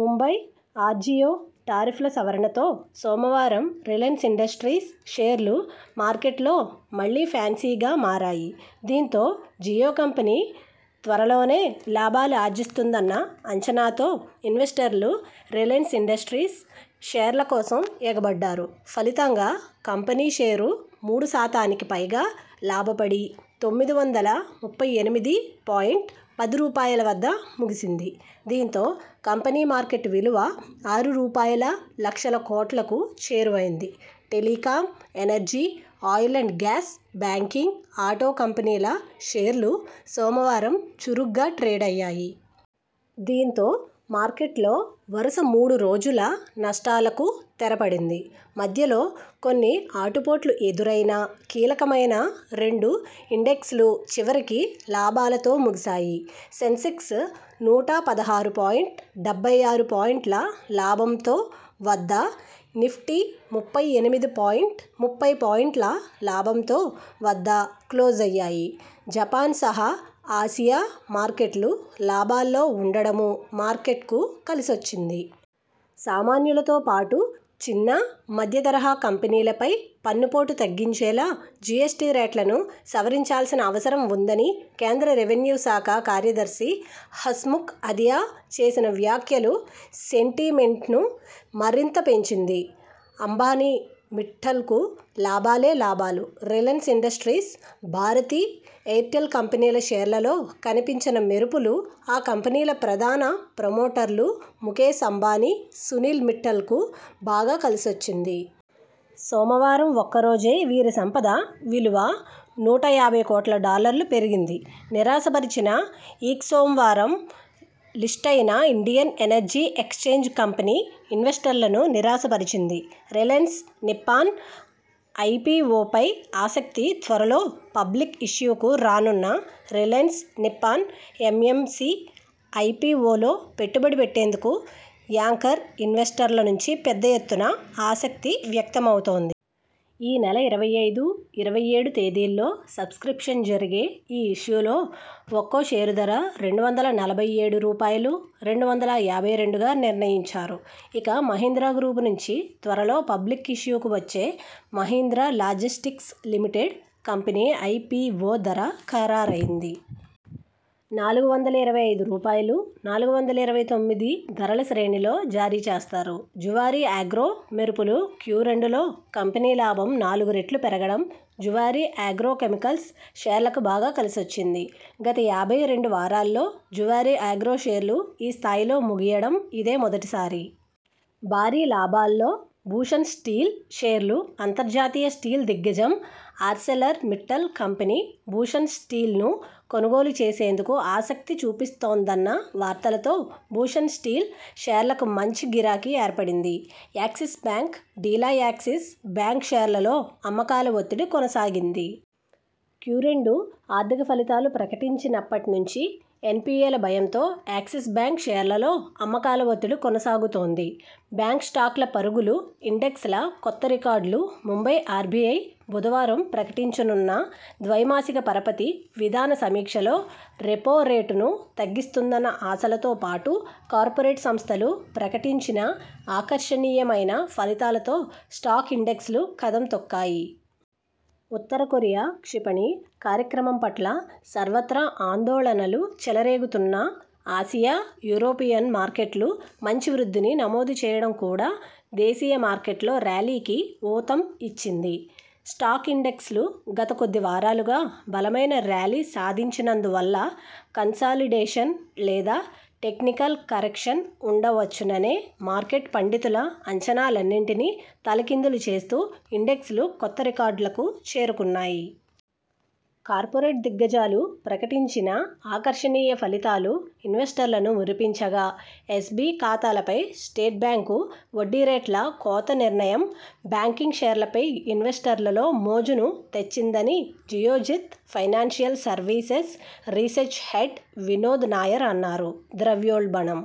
Mumbai RJio tariff ల సవరణతో సోమవారం Reliance industries షేర్లు మార్కెట్లో మళ్లీ ఫ్యాన్సీగా మారాయి. దీంతో జియో కంపెనీ త్వరలోనే లాభాలు ఆర్జిస్తుందన్న అంచనాతో ఇన్వెస్టర్లు రిలయన్స్ ఇండస్ట్రీస్ షేర్ల కోసం ఎగబడ్డారు. ఫలితంగా కంపెనీ షేరు మూడు శాతానికి పైగా లాభపడి తొమ్మిది వందల ముప్పై ఎనిమిది పాయింట్ పది రూపాయల వద్ద ముగిసింది దీంతో కంపెనీ మార్కెట్ విలువ ఆరు రూపాయల లక్షల కోట్లకు చేరువైంది telecom, energy, oil and gas, banking, auto కంపెనీల షేర్లూ సోమవారం చురుగ్గా ట్రేడయ్యాయి. దీంతో మార్కెట్లో వరుస మూడు రోజుల నష్టాలకు తెర పడింది. మధ్యలో కొన్ని ఆటు పోట్లు ఎదురైనా కీలకమైన రెండు ఇండెక్స్లు చివరికి లాభాలతో ముగిశాయి. సెన్సెక్స్ నూట పదహారు పాయింట్ డెబ్బై ఆరు పాయింట్ల లాభంతో వద్ద, నిఫ్టీ ముప్పై ఎనిమిది పాయింట్ ముప్పై పాయింట్ల లాభంతో వద్ద క్లోజయ్యాయి జపాన్సహా ఆసియా మార్కెట్లు లాభాల్లో ఉండడమూ మార్కెట్కు కలిసొచ్చింది. సామాన్యులతో పాటు చిన్న, మధ్య తరహా కంపెనీలపై పన్ను పోటు తగ్గించేలా జిఎ్సటి రేట్లను సవరించాల్సిన అవసరం ఉందని కేంద్ర రెవెన్యూ శాఖ కార్యదర్శి హస్ముఖ్ అధియా చేసిన వ్యాఖ్యలు సెంటీ మెంట్ను మరింత పెంచింది. అంబానీ, మిట్టల్కు లాభాలే లాభాలు రిలయన్స్ ఇండస్ట్రీస్, భారతి ఎయిర్టెల్ కంపెనీల షేర్లలో కనిపించిన మెరుపులు ఆ కంపెనీల ప్రధాన ప్రమోటర్లు ముకేశ్ అంబానీ, సునీల్ మిట్టల్ కు బాగా కలిసొచ్చింది. సోమవారం ఒక్క రోజే వీరి సంపద విలువ నూట యాభై కోట్ల డాలర్లు పెరిగింది నిరాశ పరిచిన ఈక్స్ సోమవారం లిస్టయిన ఇండియన్ ఎనర్జీ ఎక్స్ఛేంజ్ కంపెనీ ఇన్వెస్టర్లను నిరాశ పరిచింది. రిలయన్స్ నిప్పాన్ ఐపిఒపై ఆసక్తి త్వరలో పబ్లిక్ ఇష్యూకు రానున్న రిలయన్స్ నిప్పాన్ ఎఎంసి ఐపిఒలో పెట్టుబడి పెట్టేందుకు యాంకర్ ఇన్వెస్టర్ల నుంచి పెద్ద ఎత్తున ఆసక్తి వ్యక్త మవుతోంది. ఈ నెల ఇరవై ఐదు ,ఇరవై ఏడు తేదీల్లో సబ్ స్క్రిప్టిన్ జరిగే ఈ ఇష్యూలో ఒక్కో షేరు ధర రెండు వందల నలభై ఏడు రూపాయలు ,రెండు వందల యాభై రెండుగా నిర్ణయించారు. ఇక మహీంద్రా గ్రూపు నుంచి త్వరలో పబ్లిక్ ఇష్యూకు వచ్చే Mahindra Logistics Limited company IPO ధర ఖరారైంది. నాలుగు వందల ఇరవై ఐదు రూపాయలు ,నాలుగు వందల ఇరవై తొమ్మిది ధరల శ్రేణిలో జారీ చేస్తారు. జువారి ఆగ్రో మెరుపులు క్యురెండులో కంపెనీ లాభం నాలుగు రెట్లు పెరగడం జువారీ ఆగ్రో కెమెకల్స్ షేర్లకు బాగా కలిసొచ్చింది. గత యాభై రెండు వారాల్లో జువారీ ఆగ్రో షేర్లు ఈ స్థాయిలో ముగియడం ఇదే మొదటిసారి. భారీ లాభాల్లో భూషణ్ స్టీల్ షేర్లు అంతర్జాతీయ స్టీల్ దిగ్గజం ఆర్సెలర్ మిట్టల్ కంపెనీ భూషణ్ స్టీల్ను కొనుగోలు చేసేందుకు ఆసక్తి చూపిస్తోందన్న వార్తలతో భూషణ్ స్టీల్ షేర్లకు మంచి గిరాకీ ఏర్పడింది. యాక్సిస్ బ్యాంక్ డీలా యాక్సిస్ బ్యాంక్ షేర్లలలో అమ్మకాల ఒత్తిడి కొనసాగింది. క్యురెండు ఆర్థిక ఫలితాలు ప్రకటించినప్పటి నుంచి ఎన్పిఎల భయంతో యాక్సిస్ బ్యాంక్ షేర్లలో అమ్మకాల ఒత్తిడి కొనసాగుతోంది. బ్యాంక్ స్టాక్ల పరుగులు ఇండెక్స్ ల కొత్త రికార్డులు ముంబై ఆర్బిఐ బుధవారం ప్రకటించనున్న ద్వై మాసిక పరపతి విధాన సమీక్షలో రెపో రేటును తగ్గిస్తుందన్న ఆశలతో పాటు కార్పొరేట్ సంస్థలు ప్రకటించిన ఆకర్షణీయ మైన ఫలితాలతో స్టాక్ ఇండెక్స్ లు కదం తొక్కాయి. ఉత్తర కొరియా క్షిపణి కార్యక్రమం పట్ల సర్వత్రా ఆందోళనలు చెల రేగుతున్నా ఆసియా, యూరోపియన్ మార్కెట్లు మంచి వృద్ధిని నమో దు చేయడం కూడా దేశీయ మార్కెట్లో ర్యాలీకి ఊతం ఇచ్చింది. స్టాక్ ఇండెక్స్ లు గత కొద్ది వారాలుగా బలమైన ర్యాలీ సాధించినందు వల్ల కన్సాలిడేషన్ లేదా టెక్నికల్ కరెక్షన్ ఉండవచ్చుననే మార్కెట్ పండితుల అంచనాలన్నింటినీ తల కిందులు చేస్తూ ఇండెక్స్ లు కొత్త రికార్డులకు చేరుకున్నాయి. కార్పొరేట్ దిగ్గజాలు ప్రకటించిన ఆకర్షణీయ ఫలితాలు ఇన్వెస్టర్లను మురిపించగా ఎస్బి ఖాతాలపై స్టేట్ బ్యాంకు వడ్డీరేట్ల కోత నిర్ణయం బ్యాంకింగ్ షేర్లపై ఇన్వెస్టర్లలో మోజును తెచ్చిందని Geojit financial services research head Vinod Nair అన్నారు. ద్రవ్యోల్బణం